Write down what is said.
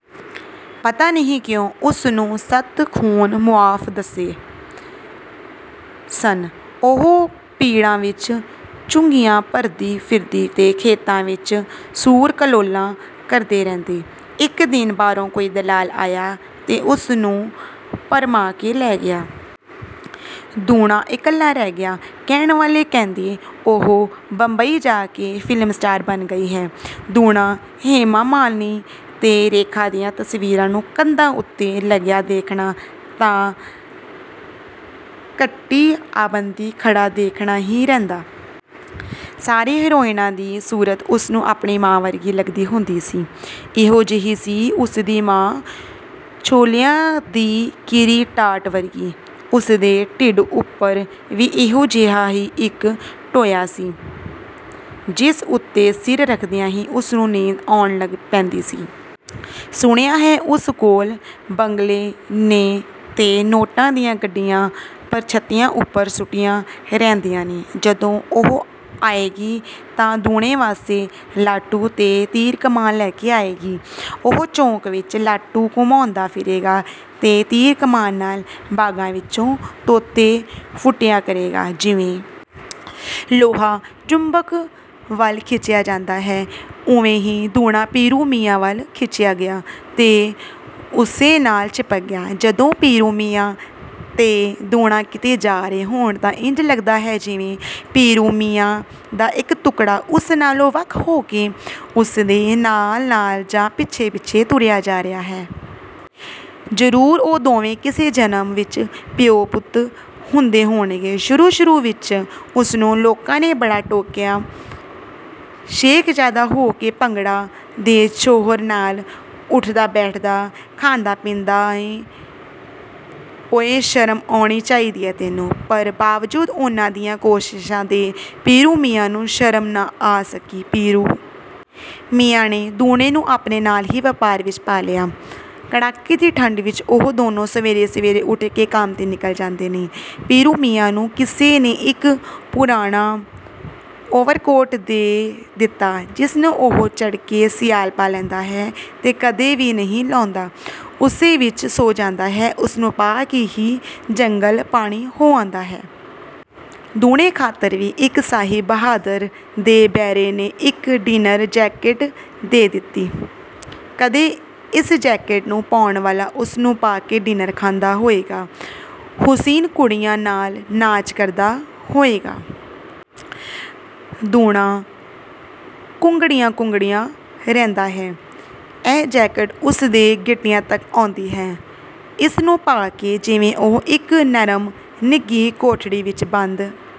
ਪਤਾ ਨਹੀਂ ਕਿਉਂ ਉਸਨੂੰ ਸੱਤ ਖੂਨ ਮੁਆਫ਼ ਦੱਸੀਦੇ ਸਨ। ਉਹ ਪਿੜਾਂ ਵਿੱਚ ਚੁੱਘੀਆਂ ਭਰਦੀ ਫਿਰਦੀ ਤੇ ਖੇਤਾਂ ਵਿੱਚ ਸੂਰ ਕਲੋਲਾਂ ਕਰਦੇ ਰਹਿੰਦੇ। ਇੱਕ ਦਿਨ ਬਾਹਰੋਂ ਕੋਈ ਦਲਾਲ ਆਇਆ ਤੇ ਉਸਨੂੰ ਭਰਮਾ ਕੇ ਲੈ ਗਿਆ। ਦੂਣਾ ਇਕੱਲਾ ਰਹਿ ਗਿਆ। ਕਹਿਣ ਵਾਲੇ ਕਹਿੰਦੇ, 'ਉਹ ਬੰਬਈ ਜਾ ਕੇ ਫ਼ਿਲਮ ਸਟਾਰ ਬਣ ਗਈ ਹੈ।' ਦੂਣਾ ਹੇਮਾ ਮਾਲਿਨੀ ਤੇ ਰੇਖਾ ਦੀਆਂ ਤਸਵੀਰਾਂ ਨੂੰ ਕੰਧਾਂ ਉੱਤੇ ਲੱਗਿਆ ਦੇਖਣਾ ਤਾਂ ਘੰਟਿਆਂਬੱਧੀ ਖੜ੍ਹਾ ਦੇਖਣਾ ਹੀ ਰਹਿੰਦਾ। ਸਾਰੀਆਂ ਹੀਰੋਇਨਾਂ ਦੀ ਸੂਰਤ ਉਸਨੂੰ ਆਪਣੀ ਮਾਂ ਵਰਗੀ ਲੱਗਦੀ ਹੁੰਦੀ ਸੀ। ਇਹੋ ਜਿਹੀ ਸੀ ਉਸਦੀ ਮਾਂ ਛੋਲਿਆਂ ਦੀ ਕਿਰੀ ਟਾਟ ਵਰਗੀ। ਉਸਦੇ ਢਿੱਡ ਉੱਪਰ ਵੀ ਇਹੋ ਜਿਹਾ ਹੀ ਇੱਕ ਟੋਇਆ ਸੀ, ਜਿਸ ਉੱਤੇ ਸਿਰ ਰੱਖਦਿਆਂ ਹੀ ਉਸਨੂੰ ਨੀਂਦ ਆਉਣ ਲੱਗ ਪੈਂਦੀ ਸੀ। ਸੁਣਿਆ ਹੈ ਉਸ ਕੋਲ ਬੰਗਲੇ ਨੇ ਤੇ ਨੋਟਾਂ ਦੀਆਂ ਗੱਡੀਆਂ ਪਰਛੱਤੀਆਂ ਉੱਪਰ ਸੁੱਟੀਆਂ ਰਹਿੰਦੀਆਂ ਨੇ। ਜਦੋਂ ਉਹ ਆਏਗੀ ਤਾਂ ਦੂਣੇ ਵਾਸਤੇ ਲਾਟੂ ਤੇ ਤੀਰ-ਕਮਾਨ ਲੈ ਕੇ ਆਏਗੀ। ਉਹ ਚੌਂਕ ਵਿੱਚ ਲਾਟੂ ਘੁਮਾਉਂਦਾ ਫਿਰੇਗਾ ਤੇ ਤੀਰ-ਕਮਾਨ ਨਾਲ ਬਾਗਾਂ ਵਿੱਚੋਂ ਤੋਤੇ ਫੁੱਟਿਆ ਕਰੇਗਾ। ਜਿਵੇਂ, ਲੋਹਾ ਚੁੰਬਕ ਵੱਲ ਖਿੱਚਿਆ ਜਾਂਦਾ ਹੈ ਓਵੇਂ ਹੀ ਦੂਣਾ ਪੀਰੂ ਮੀਆਂ ਵੱਲ ਖਿੱਚਿਆ ਗਿਆ ਤੇ ਉਸੇ ਨਾਲ ਚਿਪਕ ਗਿਆ। ਜਦੋਂ ਪੀਰੂ ਮੀਆਂ ਤੇ ਦੂਣਾ ਕਿਤੇ ਜਾ ਰਹੇ ਹੋਣ ਤਾਂ ਇੰਜ ਲੱਗਦਾ ਹੈ ਜਿਵੇਂ ਪੀਰੂ ਮੀਆਂ ਦਾ ਇੱਕ ਟੁਕੜਾ ਉਸ ਨਾਲੋਂ ਵੱਖ ਹੋ ਕੇ ਉਸਦੇ ਨਾਲ-ਨਾਲ ਜਾਂ ਪਿੱਛੇ-ਪਿੱਛੇ ਤੁਰਿਆ ਜਾ ਰਿਹਾ ਹੈ। ਜ਼ਰੂਰ ਉਹ ਦੋਵੇਂ ਕਿਸੇ ਜਨਮ ਵਿੱਚ ਪਿਓ-ਪੁੱਤਰ ਹੁੰਦੇ ਹੋਣਗੇ। ਸ਼ੁਰੂ-ਸ਼ੁਰੂ ਵਿੱਚ ਉਸਨੂੰ ਲੋਕਾਂ ਨੇ ਬੜਾ ਟੋਕਿਆ 'ਸ਼ੇਖਜ਼ਾਦਾ ਹੋ ਕੇ ਭੰਗੜਾਂ ਦੇ ਛੋਹਰ ਨਾਲ ਉੱਠਦਾ-ਬੈਠਦਾ, ਖਾਂਦਾ-ਪੀਂਦਾ ਏਂ ਓਏ, ਸ਼ਰਮ ਆਉਣੀ ਚਾਹੀਦੀ ਏ ਤੈਨੂੰ।' ਪਰ ਬਾਵਜੂਦ ਉਹਨਾਂ ਦੀਆਂ ਕੋਸ਼ਿਸ਼ਾਂ ਦੇ ਪੀਰੂ ਮੀਆਂ ਨੂੰ ਸ਼ਰਮ ਨਾ ਆ ਸਕੀ। ਪੀਰੂ ਮੀਆਂ ਨੇ ਦੂਣੇ ਨੂੰ ਆਪਣੇ ਨਾਲ ਹੀ ਵਪਾਰ ਵਿੱਚ ਪਾ ਲਿਆ। ਕੜਾਕੇ ਦੀ ਠੰਡ ਵਿੱਚ ਉਹ ਦੋਵੇਂ ਸਵੇਰੇ-ਸਵੇਰੇ ਉੱਠ ਕੇ ਕੰਮ 'ਤੇ ਨਿਕਲ ਜਾਂਦੇ ਨੇ। ਪੀਰੂ ਮੀਆਂ ਨੂੰ ਕਿਸੇ ਨੇ ਇੱਕ ਪੁਰਾਣਾ ਓਵਰਕੋਟ ਦੇ ਦਿੱਤਾ ਹੈ ਜਿਸ ਨੂੰ ਉਹ ਚੜ੍ਹਦੇ ਸਿਆਲ ਪਾ ਲੈਂਦਾ ਹੈ ਤੇ ਕਦੇ ਵੀ ਨਹੀਂ ਲਾਹੁੰਦਾ ਉਸੇ ਵਿੱਚ ਸੌਂ ਜਾਂਦਾ ਹੈ, ਉਸਨੂੰ ਪਾ ਕੇ ਹੀ ਜੰਗਲ-ਪਾਣੀ ਹੋ ਆਉਂਦਾ ਹੈ। ਦੂਣੇ ਖਾਤਰ ਵੀ ਇੱਕ ਸਾਹਿਬ ਬਹਾਦਰ ਦੇ ਬੈਰੇ ਨੇ ਇੱਕ ਡਿਨਰ ਜੈਕਟ ਦੇ ਦਿੱਤੀ ਹੈ। ਕਦੇ ਇਸ ਜੈਕਟ ਨੂੰ ਪਾਉਣ ਵਾਲਾ ਇਸਨੂੰ ਪਾ ਕੇ ਡਿਨਰ ਖਾਂਦਾ ਹੋਏਗਾ, ਹੁਸੀਨ ਕੁੜੀਆਂ ਨਾਲ ਨਾਚ ਕਰਦਾ ਹੋਏਗਾ। ਦੂਣਾ ਕੁੰਗੜਿਆ-ਕੁੰਗੜਿਆ ਰਹਿੰਦਾ ਹੈ। ਇਹ ਜੈਕਟ ਉਸਦੇ ਗਿੱਟਿਆਂ ਤੱਕ ਆਉਂਦੀ ਹੈ। ਇਸ ਨੂੰ ਪਾ ਕੇ ਜਿਵੇਂ ਉਹ ਇੱਕ ਨਰਮ, ਨਿੱਘੀ ਕੋਠੜੀ ਵਿੱਚ ਬੰਦ